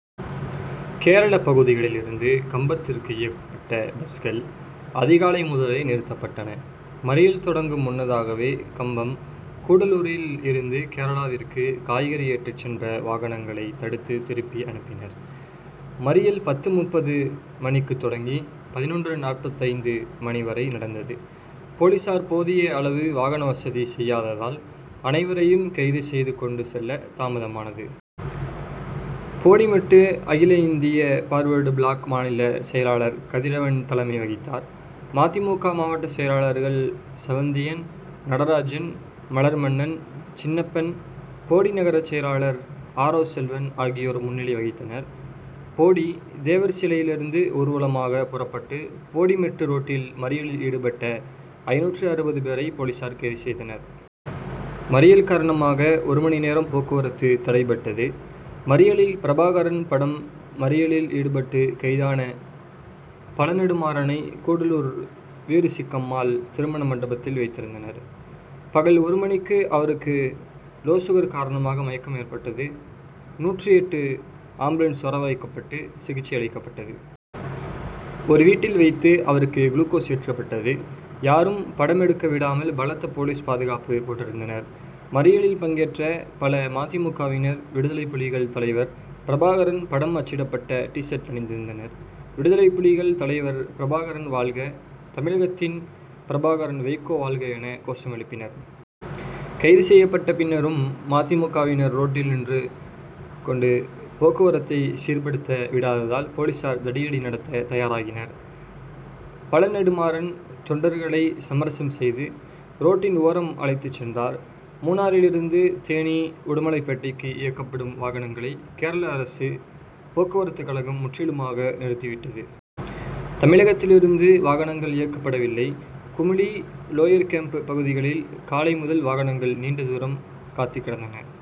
கேரள பகுதிகளில் இருந்து கம்பத்திற்கு இயக்கப்பட்ட பஸ்கள் அதிகாலை முதலே நிறுத்தப்பட்டன. மறியல் தொடங்கும் முன்னதாகவே கம்பம், கூடலூரில் இருந்து கேரளாவிற்கு காய்கறி ஏற்றிச் சென்ற வாகனங்களை தடுத்து திருப்பி அனுப்பினர். மறியல் பத்து.முப்பது மணிக்கு தொடங்கி பதினொன்று.நாற்பத்தைந்து மணி வரை நடந்தது. போலீசார் போதிய அளவு வாகன வசதி செய்யாததால், அனைவரையும் கைது செய்து கொண்டு செல்ல தாமதமானது. போடிமெட்டு அகில இந்திய பார்வர்டு பிளாக் மாநில செயலாளர் கதிரவன் தலைமை வகித்தார். ம. தி. மு. க., மாவட்டசெயலாளர்கள் செவந்தியன், நடராஜன், மலர்மன்னன், சின்னப்பன், போடி நகர செயலாளர் ஆரோ செல்வன் ஆகியோர் முன்னிலை வகித்தனர். போடி, தேவர் சிலையிலிருந்து ஊர்வலமாக புறப்பட்டு போடி மெட்டு ரோட்டில் மறியலில் ஈடுபட்ட ஐந்நூற்று அறுபது பேரை போலீசார் கைது செய்தனர். மறியல் காரணமாக ஒரு மணி நேரம் போக்குவரத்து தடைபட்டது. மறியலில் பிரபாகரன் படம் மறியலில் ஈடுபட்டு கைதான பழநெடுமாறனை, கூடலூர் வீருசிக்கம்மாள் திருமண மண்டபத்தில் வைத்திருந்தனர். பகல் ஒரு மணிக்கு அவருக்கு லோ சுகர் காரணமாக மயக்கம் ஏற்பட்டது. நூற்று எட்டு ஆம்புலன்ஸ் வரவழைக்கப்பட்டு சிகிச்சை அளிக்கப்பட்டது. ஒரு வீட்டில் வைத்து அவருக்கு குளுகோஸ் ஏற்றப்பட்டது. யாரும் படம் எடுக்கவிடாமல் பலத்த போலீஸ் பாதுகாப்பு போட்டிருந்தனர். மறியலில் பங்கேற்ற பல ம. தி. மு. க.,வினர் விடுதலைப்புலிகள் தலைவர் பிரபாகரன் படம் அச்சிடப்பட்ட டி'சர்ட் அணிந்திருந்தனர். விடுதலைப்புலிகள் தலைவர் பிரபாகரன் வாழ்க, தமிழகத்தின் பிரபாகரன் வைகோ வாழ்க என கோஷம் எழுப்பினர். கைது செய்யப்பட்ட பின்னரும் ம. தி. மு. க.,வினர் ரோட்டில் நின்று கொண்டு போக்குவரத்தை சீர்படுத்த விடாததால் போலீசார் தடியடி நடத்த தயாராகினர். பழ. நெடுமாறன் தொண்டர்களை சமரசம் செய்து, ரோட்டின் ஓரம் அழைத்துச் சென்றார். மூணாறிலிருந்து தேனி, உடுமலைப்பேட்டைக்கு இயக்கப்படும் வாகனங்களை கேரள அரசு போக்குவரத்து கழகம் முற்றிலுமாக நிறுத்திவிட்டது. தமிழகத்திலிருந்தும் வாகனங்கள் இயக்கப்படவில்லை. குமுளி, லோயர்கேம்ப் பகுதிகளில் காலை முதல் வாகனங்கள் நீண்டதூரம் காத்துக்கிடந்தன.